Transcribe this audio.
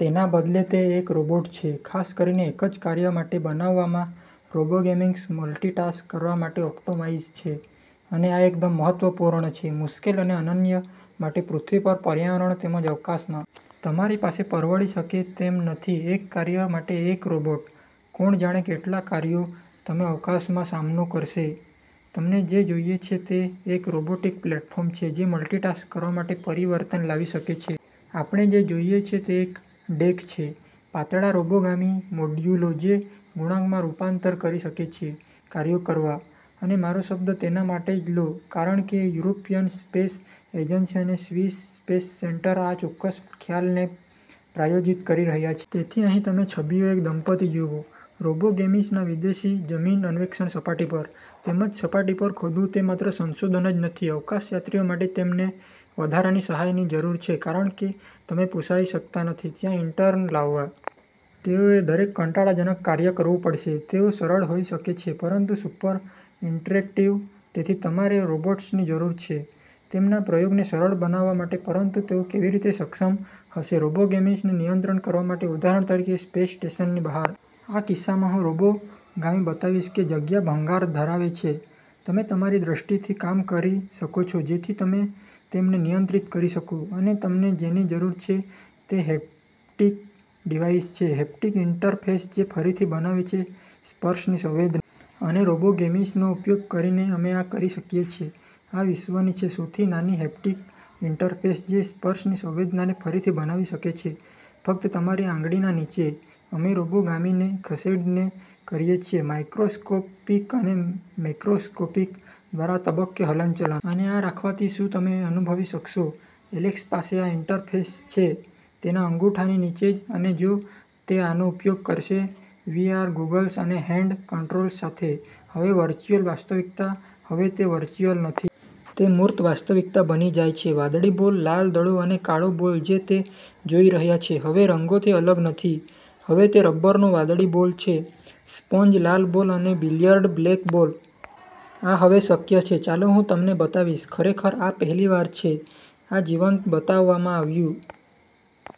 તેના બદલે તે એક રોબોટ છે ખાસ કરીને એક જ કાર્ય માટે બનાવવામાં. રોબોગેમિસ મલ્ટિટાસ્ક કરવા માટે ઓપ્ટિમાઇઝ છે. અને આ એકદમ મહત્વપૂર્ણ છે મુશ્કેલ અને અનન્ય માટે પૃથ્વી પર પર્યાવરણો તેમજ અવકાશમાં. તમારી પાસે પરવડી શકે તેમ નથી એક કાર્ય માટે એક રોબોટ. કોણ જાણે કેટલા કાર્યો તમે અવકાશમાં સામનો કરશે? તમને જે જોઈએ છે તે એક રોબોટિક પ્લેટફોર્મ છે જે મલ્ટિટાસ્ક કરવા માટે પરિવર્તન લાવી શકે છે. આપણે જે જોઈએ છે તે એક ડેક છે પાતળા રોબોગામી મોડ્યુલો જે ગુણાંકમાં રૂપાંતર કરી શકે છે કાર્યો કરવા. અને મારો શબ્દ તેના માટે ન લો કારણ કે યુરોપિયન સ્પેસ એજન્સી અને સ્વિસ સ્પેસ સેન્ટર આ ચોક્કસ ખ્યાલને પ્રાયોજિત કરી રહ્યા છે. તેથી અહીં તમે છબીઓ એક દંપતિ જુઓ રોબોગેમિસના વિદેશી જમીન અન્વેષણ સપાટી પર. તેમજ સપાટી પર ખોદવું તે માત્ર સંશોધન જ નથી. અવકાશયાત્રીઓ માટે તેમને વધારાની સહાયની જરૂર છે કારણ કે તમે પોસાઇ શકતા નથી ત્ત્યાં ઇન્ટર્ન લાવવા. તેઓએ દરેક કંટાળાજનક કાર્ય કરવું પડશે. તેઓ સરળ હોઈ શકે છે પરંતુ સુપર ઇન્ટરેક્ટિવ. તેથી તમારે રોબોટ્સની જરૂર છે તેમના પ્રયોગોને સરળ બનાવવા માટે. પરંતુ તેઓ કેવી રીતે સક્ષમ હશે રોબોગેમિસને નિયંત્રિત કરવા માટે ઉદાહરણ તરીકે સ્પેસ સ્ટેશનની બહાર? આ કિસ્સામાં હું રોબોગામી બતાવીશ કે જગ્યા ભંગાર ધરાવે છે. તમે તમારી દ્રષ્ટિથી કામ કરી શકો છો જેથી તમે તેમને નિયંત્રિત કરી શકો. અને તમને જેની જરૂર છે તે હેપ્ટિક ડિવાઇસ છે. હેપ્ટિક ઇન્ટરફેસ જે ફરીથી બનાવે છે સ્પર્શની સંવેદના. અને રોબોગેમિસનો ઉપયોગ કરીને અમે આ કરી શકીએ છીએ. આ વિશ્વની છે સૌથી નાનો હેપ્ટીક ઇન્ટરફેસ જે સ્પર્શની સંવેદનાને ફરીથી બનાવી શકે છે ફક્ત તમારી આંગળીના નીચે. અમે રોબોગામીને ખસેડીને કરીએ છીએ માઇક્રોસ્કોપિક અને મેક્રોસ્કોપિક દ્વારા તબક્કે હલનચલન. અને આ રાખવાથી શું તમે અનુભવી શકશો? એલેક્સ પાસે આ ઇન્ટરફેસ છે તેના અંગૂઠાની નીચે જ અને જો તે આનો ઉપયોગ કરશે વી.આર ગોગલ્સ અને હેન્ડ કંટ્રોલર્સ સાથે, હવે વર્ચુઅલ વાસ્તવિકતા હવે તે વર્ચુઅલ નથી. તે મૂર્ત વાસ્તવિકતા બની જાય છે. વાદળી બોલ, લાલ દડો અને કાળો બોલ જે તે જોઈ રહ્યો છે હવે રંગોથી અલગ નથી. હવે તે રબરનો વાદળી બોલ છે, સ્પોન્જ લાલ બોલ અને બિલિયર્ડ બ્લેક બોલ. આ હવે શક્ય છે. ચાલો હું તમને બતાવીશ. ખરેખર આ પહેલી વાર છે આ જીવંત બતાવવામાં આવ્યું.